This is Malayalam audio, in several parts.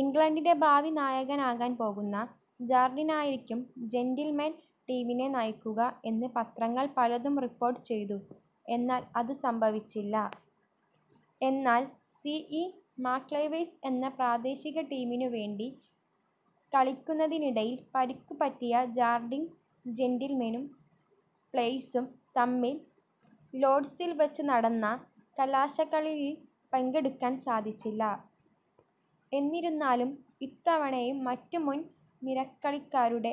ഇംഗ്ലണ്ടിൻ്റെ ഭാവി നായകാനാകാൻ പോകുന്ന ജാർഡിനായിരിക്കും ജെൻ്റിൽമെൻ ടീമിനെ നയിക്കുക എന്ന് പത്രങ്ങൾ പലതും റീപ്പോർട്ട് ചെയ്തു എന്നാൽ അത് സംഭവിച്ചില്ല. എന്നാൽ സി. ഇ. മക്ലെവെഴ്സ് എന്ന പ്രാദേശിക ടീമിനു വേണ്ടി കളിയ്ക്കുന്നതിനിടയിൽ പരിക്കു പറ്റിയ ജാർഡിന് ജെൻ്റിൽമെനും പ്ലെയേഴ്സും തമ്മിൽ ലോഡ്സിൽ വച്ച് നടന്ന കലാശക്കളിയിൽ പങ്കെടുക്കാൻ സാധിച്ചില്ല. എന്നിരുന്നാലും ഇത്തവണയും മറ്റ് മുൻ നിരക്കളിക്കാരുടെ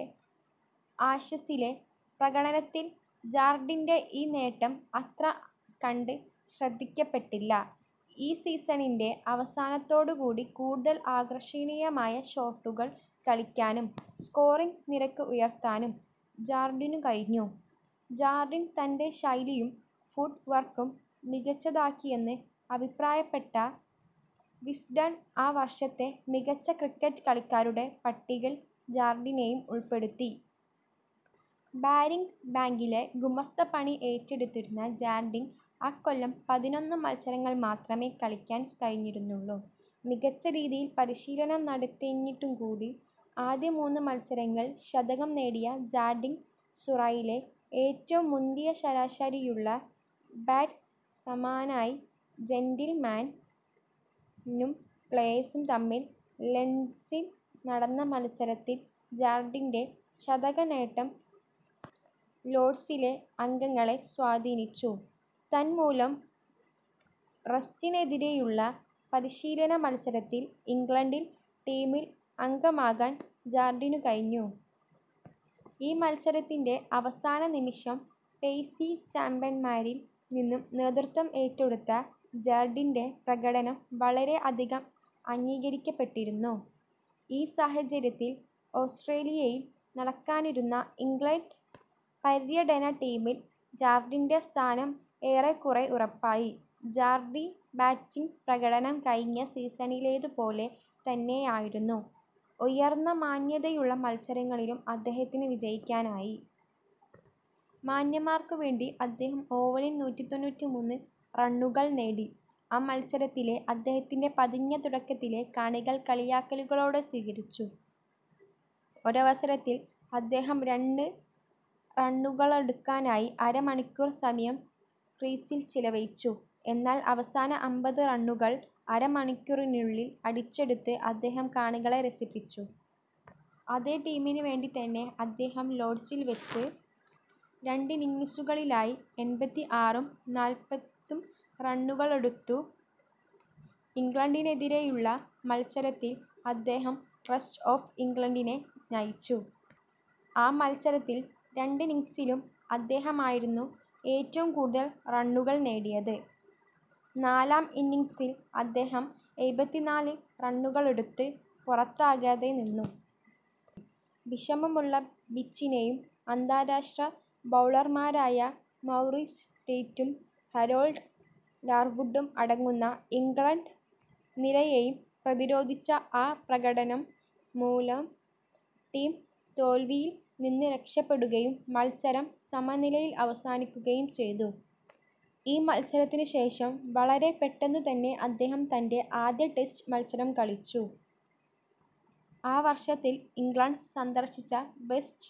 ആഷസിലെ പ്രകടനത്തിൽ ജാർഡീൻ്റെ ഈ നേട്ടം അത്ര കണ്ട് ശ്രദ്ധിക്കപ്പെട്ടില്ല. ഈ സീസണിൻ്റെ അവസാനത്തോടുകൂടി കൂടുതൽ ആകർഷണീയമായ ഷോട്ടുകൾ കളിക്കാനും സ്കോറിംഗ് നിരക്ക് ഉയർത്താനും ജാർഡീനു കഴിഞ്ഞു. ജാർഡീൻ തൻ്റെ ശൈലിയും ഫൂട്ട് വർക്കും മികച്ചതാക്കിയെന്ന് അഭിപ്രായപ്പെട്ട വിസ്ഡൺ ആ വർഷത്തെ മികച്ച ക്രിക്കറ്റ് കളിക്കാരുടെ പട്ടികയിൽ ജാർഡീനെയും ഉൾപ്പെടുത്തി. ബാരിംഗ്സ് ബാങ്കിലെ ഗുമസ്ത പണി ഏറ്റെടുത്തിരുന്ന ജാർഡീന് അക്കൊല്ലം പതിനൊന്ന് മത്സരങ്ങൾ മാത്രമേ കളിയ്ക്കാൻ കഴിഞ്ഞിരുന്നുള്ളു. മികച്ച രീതിയിൽ പരീശീലനം നടത്തിഞ്ഞിട്ടുകൂടി ആദ്യ മൂന്ന് മത്സരങ്ങളിലും ശതകം നേടിയ ജാർഡീൻ സുറൈയിലെ ഏറ്റവും മുന്തിയ ശരാശരിയുള്ള ബാറ്റ്സമാനായി. ജെൻ്റിൽമാനും പ്ലെയേഴ്സും തമ്മിൽ ലൊഡ്സിൽ നടന്ന മത്സരത്തിൽ ജാർഡീൻ്റെ ശതകനേട്ടം ലോർഡ്സിലെ അംഗങ്ങളെ സ്വാധീനിച്ചു, തന്മൂലം റെസ്റ്റിനെതിരെയുള്ള പരിശീലന മത്സരത്തിൽ ഇംഗ്ലണ്ടിൽ ടീമിൽ അംഗമാകാൻ ജാർഡീനു കഴിഞ്ഞു. ഈ മത്സരത്തിൻ്റെ അവസാന നിമിഷം പേഴ്സി ചാബ്യമാരിൽ നിന്നും നേതൃത്തം ഏറ്റെടുത്ത ജാർഡീൻ്റെ പ്രകടനം വളരെ അധികം അംഗീകരിക്കപ്പെട്ടിരുന്നു. ഈ സാഹചര്യത്തിൽ ഓസ്ട്രേലിയയിൽ നടക്കാനിരിക്കുന്ന ഇംഗ്ലറ്റ് പര്യടന ടീമിൽ ജാർഡീൻ്റെ സ്ഥാനം ഏറെക്കുറെ ഉറപ്പായി. ജാർഡി ബാറ്റിംഗ് പ്രകടനം കഴിഞ്ഞ സീസണിലേതു പോലെ തന്നെയായിരുന്നു. ഉയർന്ന മാന്യതയുള്ള മത്സരങ്ങളിലും അദ്ദേഹത്തിന് വിജയിക്കാനായി. മാന്യന്മാർക്കു വേണ്ടി അദ്ദേഹം ഓവലിൽ നൂറ്റിതൊണ്ണൂറ്റിമൂന്ന് റണ്ണുകൾ നേടി. ആ മത്സരത്തിലെ അദ്ദേഹത്തിൻ്റെ പതിഞ്ഞ തുടക്കത്തിനെ കാണികൾ കളിയാക്കലുകളോടെ സ്വീകരിച്ചു. ഒരവസരത്തിൽ അദ്ദേഹം രണ്ട് റണ്ണുകളെടുക്കാനായി അര മണിക്കൂർ സമയം ക്രീസിൽ ചിലവഴിച്ചു. എന്നാൽ അവസാന അമ്പത് റണ്ണുകൾ അര മണിക്കൂറിനുള്ളിൽ അടിച്ചെടുത്ത് അദ്ദേഹം കാണികളെ രസിപ്പിച്ചു. അതേ ടീമിനു വേണ്ടിത്തന്നെ അദ്ദേഹം ലോർഡ്ജിൽ വെച്ച് രണ്ടിന്നിംഗ്സുകളിലായി എൺപത്തിആറും നാൽ പത്തും റണ്ണുകളെടുത്തു. ഇംഗ്ലണ്ടിനെതിരായുള്ള മത്സരത്തിൽ അദ്ദേഹം റെസ്റ്റ് ഓഫ് ഇംഗ്ലണ്ട് നെ നയിച്ചു. ആ മത്സരത്തിൽ രണ്ടിന്നിംഗ്സിലും അദ്ദേഹമായിരുന്നു ഏറ്റവും കൂടുതൽ റണ്ണുകൾ നേടിയത്. നാലാം ഇന്നിംഗ്സിൽ അദ്ദേഹം എഴുപത്തിനാല് റണ്ണുകളെടുത്ത് പുറത്താകാതെ നിന്നു. വിഷമമുള്ള പിച്ചിനേയും അന്താരാഷ്ട്ര ബൗളർമാരായ മൗറിസ് ടേറ്റും ഹാരോൾഡ് ലാർവുഡും അടങ്ങുന്ന ഇംഗ്ലണ്ട് നിരയേയും പ്രതിരോധിച്ച ആ പ്രകടനം മൂലം ടീം തോൽവിയിൽ നിന്ന് രക്ഷപ്പെടുകയും മത്സരം സമനിലയിൽ അവസാനിക്കുകയും ചെയ്തു. ഈ മത്സരത്തിനു ശേഷം, വളരെ പെട്ടെന്നു തന്നെ അദ്ദേഹം തൻ്റെ ആദ്യ ടെസ്റ്റ് മത്സരം കളിച്ചു. ആ വർഷത്തിൽ ഇംഗ്ലണ്ട് സന്ദർശിച്ച വെസ്റ്റ്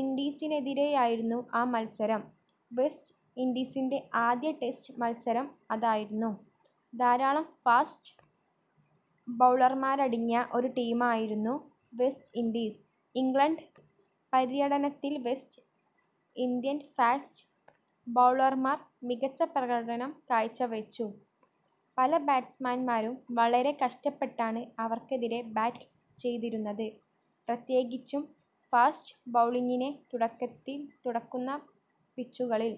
ഇൻഡീസിനെതിരെയായിരുന്നു ആ മത്സരം. വെസ്റ്റ് ഇൻഡീസിൻ്റെ ആദ്യ ടെസ്റ്റ് മത്സരവും അതായിരുന്നു. ധാരാളം ഫാസ്റ്റ് ബൗളർമാരടങ്ങിയ ഒരു ടീമായിരുന്നു വെസ്റ്റ് ഇൻഡീസ്. ഇംഗ്ലണ്ട് പര്യടനത്തിൽ വെസ്റ്റ് ഇൻഡ്യൻ ഫാസ്റ്റ് ബൗളർമാർ മികച്ച പ്രകടനം കാഴ്ചവെച്ചു. പല ബാറ്റ്സ്മാന്മാരും വളരെ കഷ്ടപ്പെട്ടാണ് അവർക്കെതിരെ ബാറ്റ് ചെയ്തിരുന്നത്, പ്രത്യേകിച്ചും ഫാസ്റ്റ് ബൗളിംഗിനെ തുടക്കത്തിൻതുടക്കുന്ന പിച്ചുകളിൽ.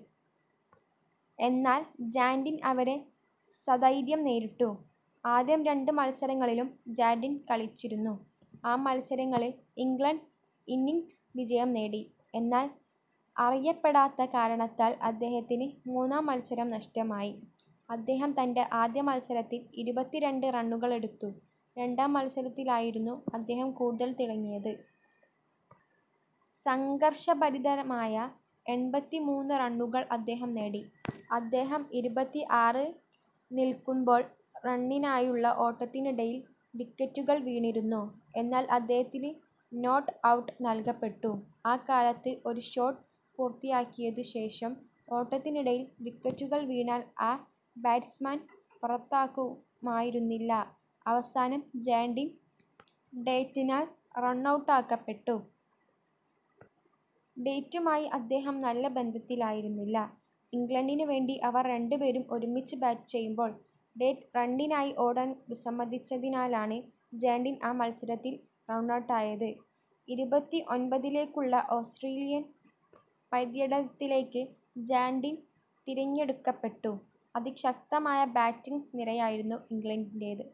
എന്നാൽ ജാർഡിൻ അവരെ സധൈര്യം നേരിട്ടു. ആദ്യ രണ്ട് മത്സരങ്ങളിലും ജാർഡിൻ കളിച്ചിരുന്നു. ആ മത്സരങ്ങളിൽ ഇംഗ്ലണ്ട് ഇന്നിംഗ്സ് വിജയം നേടി. എന്നാൽ അറിയപ്പെടാത്ത കാരണത്താൽ അദ്ദേഹത്തിന് മൂന്നാം മത്സരം നഷ്ടമായി. അദ്ദേഹം തൻ്റെ ആദ്യ മത്സരത്തിൽ ഇരുപത്തിരണ്ട് റണ്ണുകളെടുത്തു. രണ്ടാം മത്സരത്തിലായിരുന്നു അദ്ദേഹം കൂടുതൽ തിളങ്ങിയത്. സംഘർഷഭരിതമായ എൺപത്തിമൂന്ന് റണ്ണുകൾ അദ്ദേഹം നേടി. അദ്ദേഹം ഇരുപത്തിആറിൽ നിൽക്കുമ്പോൾ റണ്ണിനായുള്ള ഓട്ടത്തിനിടയിൽ വിക്കറ്റുകൾ വീണിരുന്നു. എന്നാൽ അദ്ദേഹത്തിന് നോട്ട് ഔട്ട് നൽകപ്പെട്ടു. ആ കാലത്ത്, ഒരു ഷോട്ട് പൂർത്തിയാക്കിയതിനു ശേഷം ഓട്ടത്തിനിടയിൽ വിക്കറ്റുകൾ വീണാൽ ആ ബാറ്റ്സ്മാൻ പുറത്താകുമായിരുന്നില്ല. അവസാനം ജാർഡിൻ, ടേറ്റിനാൽ റണ്ണൗട്ടാകപ്പെട്ടു. ടേറ്റുമായി അദ്ദേഹം നല്ല ബന്ധത്തിലായിരുന്നില്ല. ഇംഗ്ലണ്ടിനു വേണ്ടി അവർ രണ്ടുപേരും ഒരുമിച്ച് ബാറ്റ് ചെയ്യുമ്പോൾ, ടേറ്റ് റണ്ണിനായി ഓടാൻ വിസ്സമ്മതിച്ചതിനാലാണ് ജാർഡിൻ ആ മത്സരത്തിൽ റണ്ണൗട്ടായത്. ഇരുപത്തിഒൻപതിലേക്കുള്ള ഓസ്ട്രേലിയൻ പര്യടനത്തിലേക്ക് ജാർഡിൻ തിരഞ്ഞെടുക്കപ്പെട്ടു. അതിശക്തമായ ബാറ്റിംഗ് നിരയായിരുന്നു ഇംഗ്ലണ്ടിൻ്റേത്.